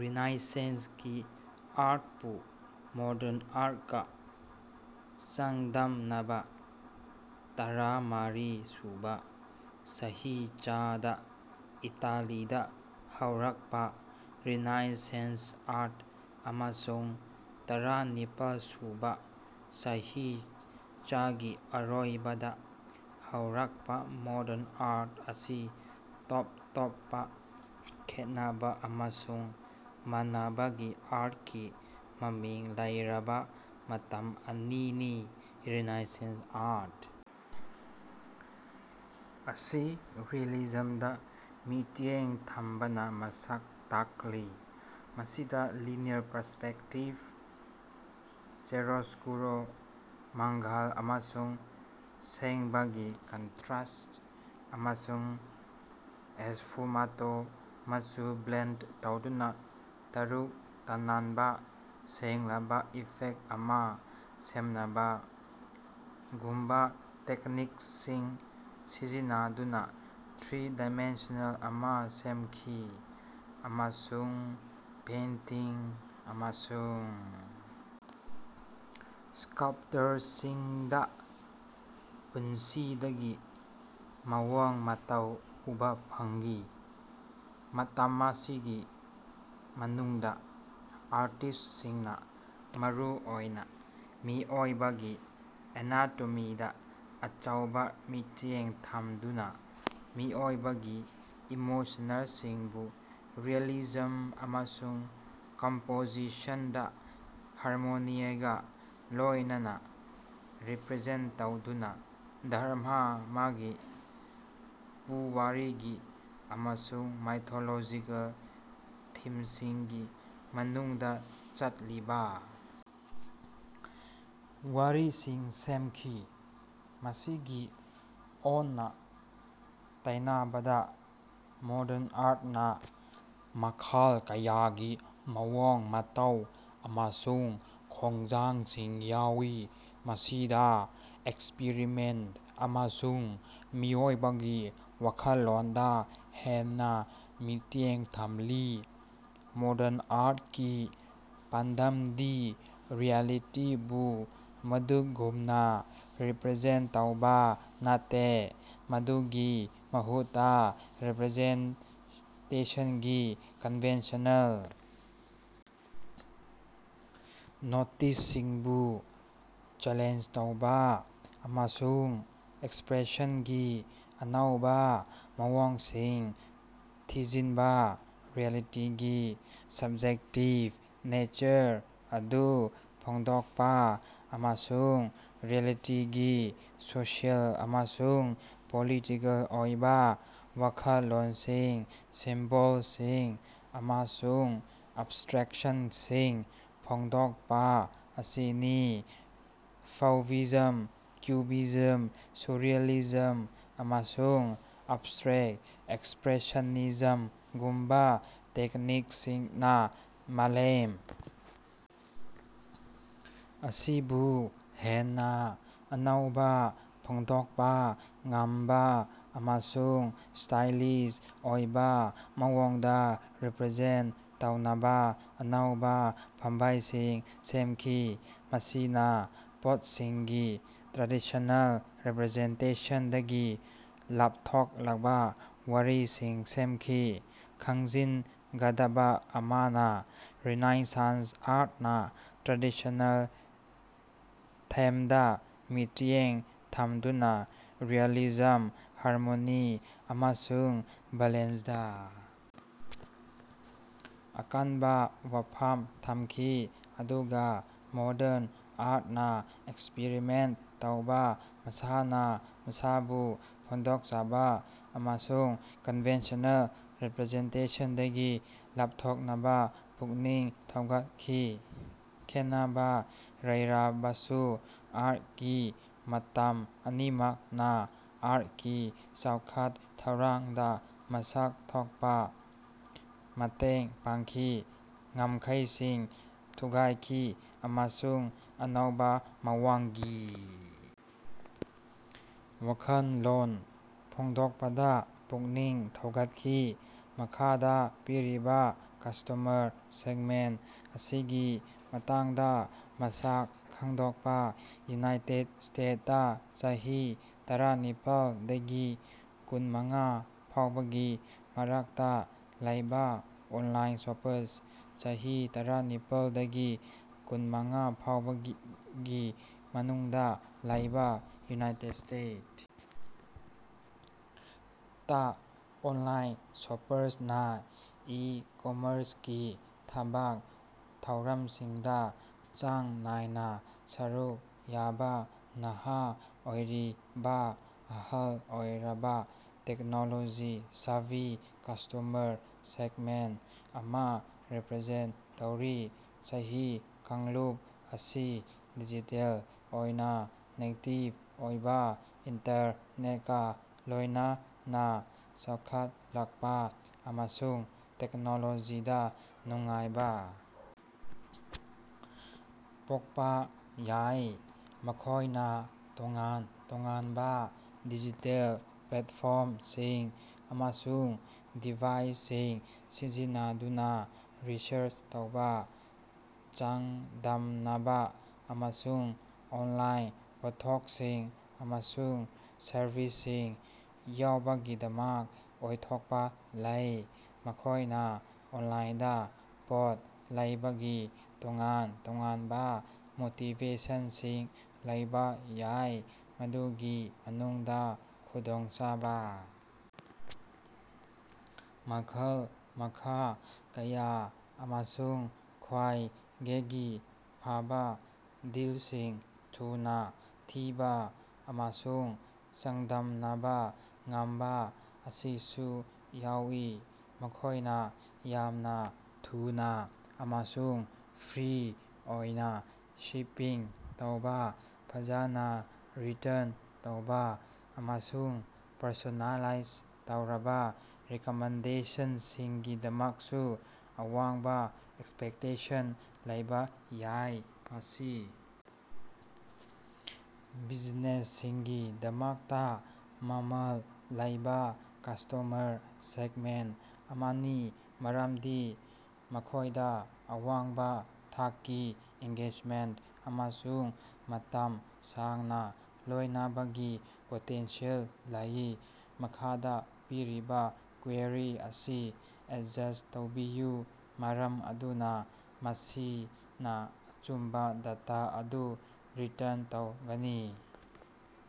ꯔꯦꯅꯦꯁꯟꯁꯀꯤ ꯑꯥꯔꯠꯄꯨ modern ꯑꯥꯔꯠꯀ ꯆꯥꯡꯗꯝꯅꯕ꯫ ꯇꯔꯥꯃꯔꯤ ꯁꯨꯕ ꯆꯍꯤꯆꯥꯗ ꯏꯇꯥꯂꯤꯗ ꯍꯧꯔꯛꯄ ꯔꯦꯅꯦꯁꯟꯁ ꯑꯥꯔꯠ ꯑꯃꯁꯨꯡ ꯇꯔꯥꯅꯤꯄꯜ ꯁꯨꯕ ꯆꯍꯤꯆꯥꯒꯤ ꯑꯔꯣꯏꯕꯗ ꯍꯧꯔꯛꯄ ꯃꯣꯗꯔꯟ ꯑꯥꯔꯠ ꯑꯁꯤ ꯇꯣꯞ ꯇꯣꯞꯄ ꯈꯦꯠꯅꯕ ꯑꯃꯁꯨꯡ ꯃꯥꯟꯅꯕ ꯑꯥꯔꯠꯀꯤ ꯃꯃꯤꯡ ꯂꯩꯔꯕ ꯃꯇꯝ ꯑꯅꯤꯅꯤ꯫ ꯔꯦꯅꯦꯁꯟꯁ ꯑꯥꯔꯠ ꯑꯁꯤ ꯔꯤꯑꯦꯂꯤꯖꯝꯗ ꯃꯤꯠꯌꯦꯡ ꯊꯝꯕꯅ ꯃꯁꯛ ꯇꯥꯛꯂꯤ, ꯃꯁꯤꯗ ꯂꯤꯅꯤꯌꯔ ꯄꯔꯁꯄꯦꯛꯇꯤꯕ, ꯆꯤꯌꯥꯔꯣꯁꯀꯨꯔꯣ (ꯃꯉꯥꯜ ꯑꯃꯁꯨꯡ ꯁꯦꯡꯕꯒꯤ ꯀꯟꯇ꯭ꯔꯁ), ꯑꯃꯁꯨꯡ ꯁ꯭ꯐꯨꯃꯦꯇꯣ (ꯃꯆꯨ ꯕ꯭ꯂꯦꯟꯗ ꯇꯧꯗꯨꯅ ꯇꯔꯨ ꯇꯅꯥꯟꯕ, ꯁꯦꯡꯂꯕ ꯏꯐꯦꯛ ꯑꯃ ꯁꯦꯝꯅꯕ)ꯒꯨꯝꯕ ꯇꯦꯛꯅꯤꯛꯁꯤꯡ ꯁꯤꯖꯤꯟꯅꯗꯨꯅ ꯊ꯭ꯔꯤ-ꯗꯤꯃꯦꯟꯁꯤꯌꯦꯜ ꯑꯃ ꯁꯦꯝꯈꯤ꯫ ꯑꯃꯁꯨꯡ ꯄꯦꯟꯇꯤꯡ ꯑꯃꯁꯨꯡ ꯁ꯭ꯀꯥꯂꯞꯆꯔꯁꯤꯡꯗ ꯄꯨꯟꯁꯤꯒꯤ ꯃꯑꯣꯡ ꯃꯇꯧ ꯎꯕ ꯐꯪꯏ꯫ ꯃꯇꯝ ꯑꯁꯤꯒꯤ ꯃꯅꯨꯡꯗ ꯑꯥꯔꯇꯤꯁꯁꯤꯡꯅ ꯃꯔꯨ ꯑꯣꯏꯅ ꯃꯤꯑꯣꯏꯕꯒꯤ ꯑꯦꯅꯥꯇꯣꯃꯤꯗ ꯑꯆꯧꯕ ꯃꯤꯠꯌꯦꯡ ꯊꯝꯗꯨꯅ, ꯃꯤꯑꯣꯏꯕꯒꯤ ꯏꯃꯣꯁꯟꯁꯤꯡꯕꯨ ꯔꯤꯑꯦꯂꯤꯖꯝ ꯑꯃꯁꯨꯡ ꯀꯝꯄꯣꯖꯤꯁꯟꯗ ꯍꯥꯔꯃꯣꯅꯤꯒ ꯂꯣꯏꯅꯅ ꯔꯤꯄ꯭ꯔꯖꯦꯟꯠ ꯇꯧꯗꯨꯅ ꯙꯔꯝꯃꯒꯤ, ꯄꯨꯋꯥꯔꯤꯒꯤ ꯑꯃꯁꯨꯡ ꯃꯥꯏꯊꯣꯂꯣꯖꯤꯀꯦꯜ ꯊꯤꯝꯁꯤꯡꯒꯤ ꯃꯅꯨꯡꯗ ꯆꯠꯂꯤꯕ ꯋꯥꯔꯤꯁꯤꯡ ꯁꯦꯝꯈꯤ꯫ ꯃꯁꯤꯒꯤ ꯑꯣꯟꯅ-ꯇꯩꯅꯕꯗ, ꯃꯣꯗꯔꯟ ꯑꯥꯔꯠꯅ ꯃꯈꯜ ꯀꯌꯥꯒꯤ ꯃꯑꯣꯡ ꯃꯇꯧ ꯑꯃꯁꯨꯡ ꯈꯣꯡꯖꯪꯁꯤꯡ ꯌꯥꯎꯏ, ꯃꯁꯤꯗ ꯑꯦꯛꯁꯄꯔꯤꯃꯦꯟꯠ ꯑꯃꯁꯨꯡ ꯃꯤꯑꯣꯏꯕꯒꯤ ꯋꯥꯈꯜꯂꯣꯟꯗ ꯍꯦꯟꯅ ꯃꯤꯠꯌꯦꯡ ꯊꯝꯂꯤ꯫ ꯃꯣꯗꯔꯟ ꯑꯥꯔꯠꯀꯤ ꯄꯥꯟꯗꯝꯗꯤ ꯔꯤꯑꯦꯂꯤꯇꯤꯕꯨ ꯃꯗꯨꯒꯨꯝꯅ ꯔꯤꯄ꯭ꯔꯖꯦꯟꯠ ꯇꯧꯕ ꯅꯠꯇꯦ, ꯃꯗꯨꯒꯤ ꯃꯍꯨꯠꯇ ꯔꯤꯄ꯭ꯔꯖꯦꯟꯇꯦꯁꯟꯒꯤ ꯀꯟꯚꯦꯟꯁꯅꯔ ꯅꯣꯇꯤꯁꯁꯤꯡꯕꯨ ꯆꯦꯂꯦꯟꯖ ꯇꯧꯕ ꯑꯃꯁꯨꯡ ꯑꯦꯛꯁꯄ꯭ꯔꯦꯁꯟꯒꯤ ꯑꯅꯧꯕ ꯃꯑꯣꯡꯁꯤꯡ ꯊꯤꯖꯤꯟꯕ, ꯔꯤꯑꯦꯂꯤꯇꯤꯒꯤ ꯁꯕ꯭ꯖꯦꯛꯇꯤꯕ ꯅꯦꯆꯔ ꯑꯗꯨ ꯐꯣꯡꯗꯣꯛꯄ, ꯑꯃꯁꯨꯡ ꯔꯤꯑꯦꯂꯤꯇꯤꯒꯤ ꯁꯣꯁꯤꯑꯦꯜ ꯑꯃꯁꯨꯡ ꯄꯣꯂꯤꯇꯤꯀꯦꯜ ꯑꯣꯏꯕ ꯋꯥꯈꯜꯂꯣꯟꯁꯤꯡ, ꯁꯤꯝꯕꯣꯜꯁꯤꯡ ꯑꯃꯁꯨꯡ ꯑꯦꯕꯁꯇ꯭ꯔꯦꯛꯁꯟꯁꯤꯡ ꯐꯣꯡꯗꯣꯛꯄ ꯑꯁꯤꯅꯤ꯫ ꯐꯧꯚꯤꯖꯝ, ꯀ꯭ꯌꯨꯕꯤꯖꯝ, ꯁꯔꯔꯤꯌꯥꯂꯤꯖꯝ ꯑꯃꯁꯨꯡ ꯑꯦꯕꯁꯇ꯭ꯔꯦꯛꯇ ꯑꯦꯛꯁꯄ꯭ꯔꯦꯁꯅꯤꯖꯝꯒꯨꯝꯕ ꯇꯦꯛꯅꯤꯛꯁꯤꯡꯅ ꯃꯥꯂꯦꯝ ꯑꯁꯤꯕꯨ ꯍꯦꯟꯅ ꯑꯅꯧꯕ, ꯐꯣꯡꯗꯣꯛꯄ ꯉꯝꯕ ꯑꯃꯁꯨꯡ ꯁ꯭ꯇꯥꯏꯂꯏꯖ ꯑꯣꯏꯕ ꯃꯑꯣꯡꯗ ꯔꯤꯄ꯭ꯔꯖꯦꯟꯠ ꯇꯧꯅꯕ ꯑꯅꯧꯕ ꯄꯥꯝꯕꯩꯁꯤꯡ ꯁꯦꯝꯈꯤ, ꯃꯁꯤꯅ ꯄꯣꯠꯁꯤꯡꯒꯤ ꯇ꯭ꯔꯦꯗꯤꯁꯅꯦꯜ ꯔꯤꯄ꯭ꯔꯖꯦꯟꯇꯦꯁꯟꯗꯒꯤ ꯂꯥꯞꯊꯣꯛꯂꯕ ꯋꯥꯔꯤꯁꯤꯡ ꯁꯦꯝꯈꯤ꯫ ꯈꯪꯖꯤꯟꯒꯗꯕ ꯑꯃꯅ, ꯔꯦꯅꯦꯁꯟꯁ ꯑꯥꯔꯠꯅ ꯇ꯭ꯔꯦꯗꯤꯁꯅꯦꯜ ꯊꯤꯝꯁꯤꯡꯗ ꯃꯤꯠꯌꯦꯡ ꯊꯝꯗꯨꯅ ꯔꯤꯑꯦꯂꯤꯖꯝ, ꯍꯥꯔꯃꯣꯅꯤ ꯑꯃꯁꯨꯡ ꯕꯦꯂꯦꯟꯁꯇ ꯑꯀꯟꯕ ꯋꯥꯐꯝ ꯊꯝꯈꯤ, ꯑꯗꯨꯒ ꯃꯣꯗꯔꯟ ꯑꯥꯔꯠꯅ ꯑꯦꯛꯁꯄ꯭ꯔꯤꯃꯦꯟꯠ ꯇꯧꯕ, ꯃꯁꯥꯅ ꯃꯁꯥꯕꯨ ꯐꯣꯡꯗꯣꯛꯆꯕ ꯑꯃꯁꯨꯡ ꯀꯟꯚꯦꯟꯁꯅꯦꯜ ꯔꯤꯄ꯭ꯔꯖꯦꯟꯇꯦꯁꯟꯗꯒꯤ ꯂꯥꯞꯊꯣꯛꯅꯕ ꯄꯨꯛꯅꯤꯡ ꯊꯧꯒꯠꯈꯤ꯫ ꯈꯦꯟꯅꯕ ꯂꯩꯔꯕꯁꯨ ꯑꯥꯔꯠꯀꯤ ꯃꯇꯝ ꯑꯅꯤꯃꯛꯅ ꯑꯥꯔꯠꯀꯤ ꯆꯥꯎꯈꯠ-ꯊꯧꯔꯥꯡꯗ ꯃꯁꯛ ꯊꯣꯛꯄ ꯃꯇꯦꯡ ꯄꯥꯡꯈꯤ, ꯉꯝꯈꯩꯁꯤꯡ ꯊꯨꯒꯥꯏꯈꯤ ꯑꯃꯁꯨꯡ ꯑꯅꯧꯕ ꯃꯑꯣꯡꯒꯤ ꯋꯥꯈꯜꯂꯣꯟ ꯐꯣꯡꯗꯣꯛꯄꯗ ꯄꯨꯛꯅꯤꯡ ꯊꯧꯒꯠꯈꯤ꯫ ꯃꯈꯥꯗ ꯄꯤꯔꯤꯕ ꯀꯁꯇꯃꯔ ꯁꯦꯒꯃꯦꯟꯠ ꯑꯁꯤꯒꯤ ꯃꯇꯥꯡꯗ ꯃꯁꯛ ꯈꯪꯗꯣꯛꯄ꯫ ꯌꯨꯅꯥꯏꯇꯦꯗ ꯁ꯭ꯇꯦꯠ ꯇ ꯆꯍꯤ ꯇꯔꯥꯅꯤꯄꯥꯜ ꯗꯒꯤ ꯀꯨꯟꯃꯉꯥ ꯐꯥꯎꯕꯒꯤ ꯃꯔꯛꯇ ꯂꯩꯕ ꯑꯣꯟꯂꯥꯏꯟ ꯁꯣꯄꯔꯁꯤꯡ꯫ ꯆꯍꯤ ꯇꯔꯥꯅꯤꯄꯥꯜ ꯗꯒꯤ ꯀꯨꯟꯃꯉꯥ ꯐꯥꯎꯕꯒꯤ ꯃꯅꯨꯡꯗ ꯂꯩꯕ ꯌꯨꯅꯥꯏꯇꯦꯗ ꯁ꯭ꯇꯦꯠ ꯇ ꯑꯣꯟꯂꯥꯏꯟ ꯁꯣꯄꯔꯅ ꯏ-ꯀꯝꯃꯔꯁꯀꯤ ꯊꯕꯛ ꯊꯧꯔꯝꯁꯤꯡꯗ ꯆꯥꯡ ꯅꯥꯏꯅ ꯁꯔꯨꯛ ꯌꯥꯕ ꯅꯍꯥ ꯑꯣꯏꯔꯤꯕ ꯑꯍꯜ ꯑꯣꯏꯔꯕ, ꯇꯦꯛꯅꯣꯂꯣꯖꯤ-ꯁꯦꯚꯤ ꯀꯁꯇꯃꯔ ꯁꯦꯒꯃꯦꯟꯠ ꯑꯃ ꯔꯤꯄ꯭ꯔꯖꯦꯟꯠ ꯇꯧꯔꯤ꯫ ꯆꯍꯤ ꯀꯥꯡꯂꯨꯞ ꯑꯁꯤ ꯗꯤꯖꯤꯇꯦꯜ ꯑꯣꯏꯅ ꯅꯦꯇꯤꯕ ꯑꯣꯏꯕ, ꯏꯟꯇꯔꯅꯦꯠꯀ ꯂꯣꯏꯅꯅ ꯆꯥꯎꯈꯠꯂꯛꯄ ꯑꯃꯁꯨꯡ ꯇꯦꯛꯅꯣꯂꯣꯖꯤꯗ ꯅꯨꯡꯉꯥꯏꯕ ꯄꯣꯛꯄ ꯌꯥꯏ꯫ ꯃꯈꯣꯏꯅ ꯇꯣꯉꯥꯟ ꯇꯣꯉꯥꯟꯕ ꯗꯤꯖꯤꯇꯦꯜ ꯄ꯭ꯂꯦꯠꯐꯣꯝꯁꯤꯡ ꯑꯃꯁꯨꯡ ꯗꯤꯚꯥꯏꯁꯁꯤꯡ ꯁꯤꯖꯤꯟꯅꯗꯨꯅ ꯔꯤꯁꯔꯆ ꯇꯧꯕ, ꯆꯥꯡꯗꯝꯅꯕ ꯑꯃꯁꯨꯡ ꯑꯣꯟꯂꯥꯏꯟ ꯄꯣꯠꯊꯣꯛꯁꯤꯡ ꯑꯃꯁꯨꯡ ꯁꯔꯕꯤꯁꯁꯤꯡ ꯌꯣꯟꯕ ꯌꯥꯕꯒꯤ ꯑꯣꯏꯊꯣꯛꯄ ꯂꯩ꯫ ꯃꯈꯣꯏꯅ ꯑꯣꯟꯂꯥꯏꯟꯗ ꯄꯣꯠ ꯂꯩꯕꯒꯤ ꯇꯣꯉꯥꯟ-ꯇꯣꯉꯥꯟꯕ ꯃꯣꯇꯤꯚꯦꯁꯟꯁꯤꯡ ꯂꯩꯕ ꯌꯥꯏ, ꯃꯗꯨꯒꯤ ꯃꯅꯨꯡꯗ ꯈꯨꯗꯣꯡꯆꯥꯕ, ꯃꯈꯜ-ꯃꯈꯥ ꯀꯌꯥ, ꯑꯃꯁꯨꯡ ꯈ꯭ꯋꯥꯏꯗꯒꯤ ꯐꯕ ꯗꯤꯜꯁꯤꯡ ꯊꯨꯅ ꯊꯤꯕ ꯑꯃꯁꯨꯡ ꯆꯥꯡꯗꯝꯅꯕ ꯉꯝꯕ ꯑꯁꯤꯁꯨ ꯌꯥꯎꯏ꯫ ꯃꯈꯣꯏꯅ ꯌꯥꯝꯅ ꯊꯨꯅ ꯑꯃꯁꯨꯡ ꯐ꯭ꯔꯤ ꯑꯣꯏꯅ ꯁꯤꯄꯤꯡ ꯇꯧꯕ, ꯐꯖꯅ ꯔꯤꯇꯔꯟ ꯇꯧꯕ, ꯑꯃꯁꯨꯡ ꯄꯔꯁꯣꯅꯦꯂꯥꯏꯖ ꯇꯧꯔꯕ ꯔꯤꯀꯃꯦꯟꯗꯦꯁꯟꯁꯤꯡꯒꯤꯗꯃꯛꯁꯨ ꯑꯋꯥꯡꯕ ꯑꯦꯛꯁꯄꯦꯛꯇꯦꯁꯟ ꯂꯩꯕ ꯌꯥꯏ꯫ ꯃꯁꯤ ꯕꯤꯖꯤꯅꯦꯁꯁꯤꯡꯒꯤꯗꯃꯛꯇ ꯃꯃꯜ ꯂꯩꯕ ꯀꯁꯇꯃꯔ ꯁꯦꯒꯃꯦꯟꯠ ꯑꯃꯅꯤ, ꯃꯔꯝꯗꯤ ꯃꯈꯣꯏꯗ ꯑꯋꯥꯡꯕ ꯊꯥꯛꯀꯤ ꯑꯦꯡꯒꯦꯖꯃꯦꯟꯠ ꯑꯃꯁꯨꯡ ꯃꯇꯝ ꯁꯥꯡꯅ ꯂꯣꯏꯅꯕꯒꯤ ꯄꯣꯇꯦꯟꯁꯤꯌꯦꯜ ꯂꯩ꯫ ꯃꯈꯥꯗ ꯄꯤꯔꯤꯕ ꯀꯕꯦꯔꯤ ꯑꯁꯤ ꯑꯦꯗꯖꯁ ꯇꯧꯕꯤꯌꯨ ꯃꯔꯝ ꯑꯗꯨꯅ ꯃꯁꯤꯅ ꯑꯆꯨꯝꯕ ꯗꯦꯇꯥ ꯑꯗꯨ ꯔꯤꯇꯔꯟ ꯇꯧꯒꯅꯤ꯫